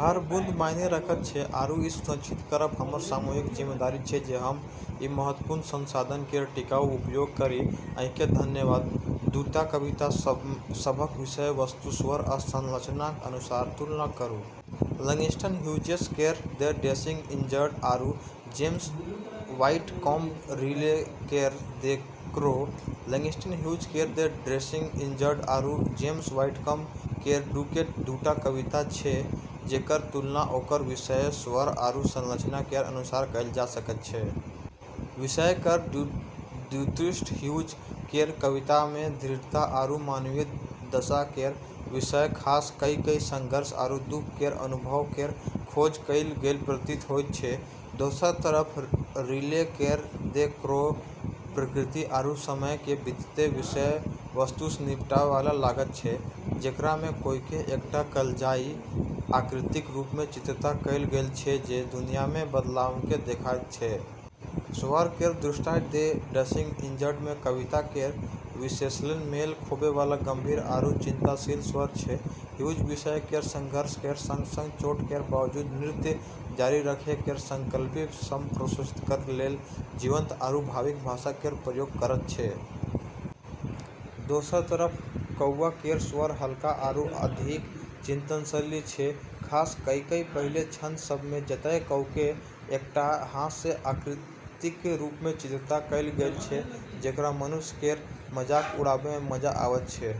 हर बूंद मायने रखैत छै, आरू ई सुनिश्चित करब हमर सामूहिक जिम्मेदारी छै जे हम ई महत्वपूर्ण संसाधन केर टिकाऊ उपयोग करी। अहाँकेँ धन्यवाद। दूटा कविता सभक विषय-वस्तु, स्वर, आ संरचनाक अनुसार तुलना करू। लैंगस्टन ह्यूजेस केर द डांसिंग इंजर्ड आरू जेम्स व्हिटकॉम्ब रिले केर द क्रो। लैंगस्टन ह्यूज केर द डांसिंग इंजर्ड आरू जेम्स व्हिटकॉम्ब केर द क्रो दूटा कविता छै जेकर तुलना ओकर विषय, स्वर आरू संरचना केर अनुसार कएल जा सकैत छै। विषय केर दृष्टिसँ ह्यूज केर कवितामे दृढ़ता आरू मानवीय दशा केर विषय खास कऽ कऽ संघर्ष आरू दुख केर अनुभव केर खोज कएल गेल प्रतीत होइत छै। दोसर तरफ रिले केर द क्रो प्रकृति आरू समय केर बीतैत विषय-वस्तुसँ निपटैवाला लगैत छै, जेकरामे कौआकेँ एकटा कालजयी आकृतिक रूपमे चित्रित कएल गेल छै जे दुनियामे बदलावकेँ देखैत छै। स्वर केर दृष्टिसँ द डांसिंग इंजर्डमे कविता केर विषयसँ मेल खाबैवाला गंभीर आरू चिंतनशील स्वर छै। ह्यूज विषय केर संघर्ष केर संग-संग चोट केर बावजूद नृत्य जारी रखै केर संकल्पकेँ संप्रेषित करै लेल जीवंत आरू भावुक भाषा केर प्रयोग करैत छै। दोसर तरफ कौआ केर स्वर हल्का आरू अधिक चिंतनशील छै, खास कऽ कऽ पहिल छंद सभमे जतए कौआकेँ एकटा हास्य आकृतिक रूपमे चित्रित कएल गेल छै जेकरा मनुष्य केर मजाक उड़ाबैमे मजा आबैत छै।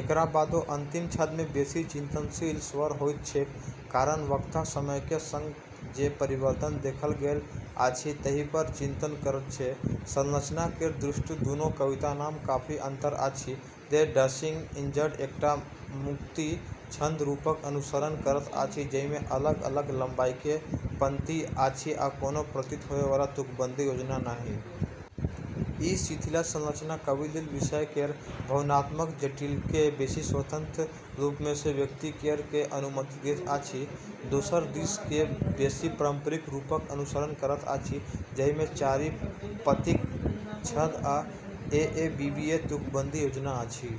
एकरा बादो अंतिम छंदमे बेसी चिंतनशील स्वर होइत छैक, कारण वक्ता समयक संग जे परिवर्तन देखल गेल अछि ताहिपर चिंतन करैत छथि। संरचना केर दृष्टिएँ दूनू कवितामे काफी अंतर अछि। द डांसिंग इंजर्ड एकटा मुक्त छंद रूपक अनुसरण करैत अछि, जाहिमे अलग-अलग लंबाईक पाँति अछि आ कोनो प्रतीत होबैबला तुकबंदी योजना नहि। ई शिथिल संरचना कवि लेल विषय केर भावनात्मक जटिलताकेँ बेसी स्वतंत्र रूपसँ व्यक्त करै केर अनुमति दैत अछि। दोसर दिस द क्रो बेसी पारंपरिक रूपक अनुसरण करैत अछि, जाहिमे चारि पाँतिक छंद आ एएबीबीए तुकबंदी योजना अछि।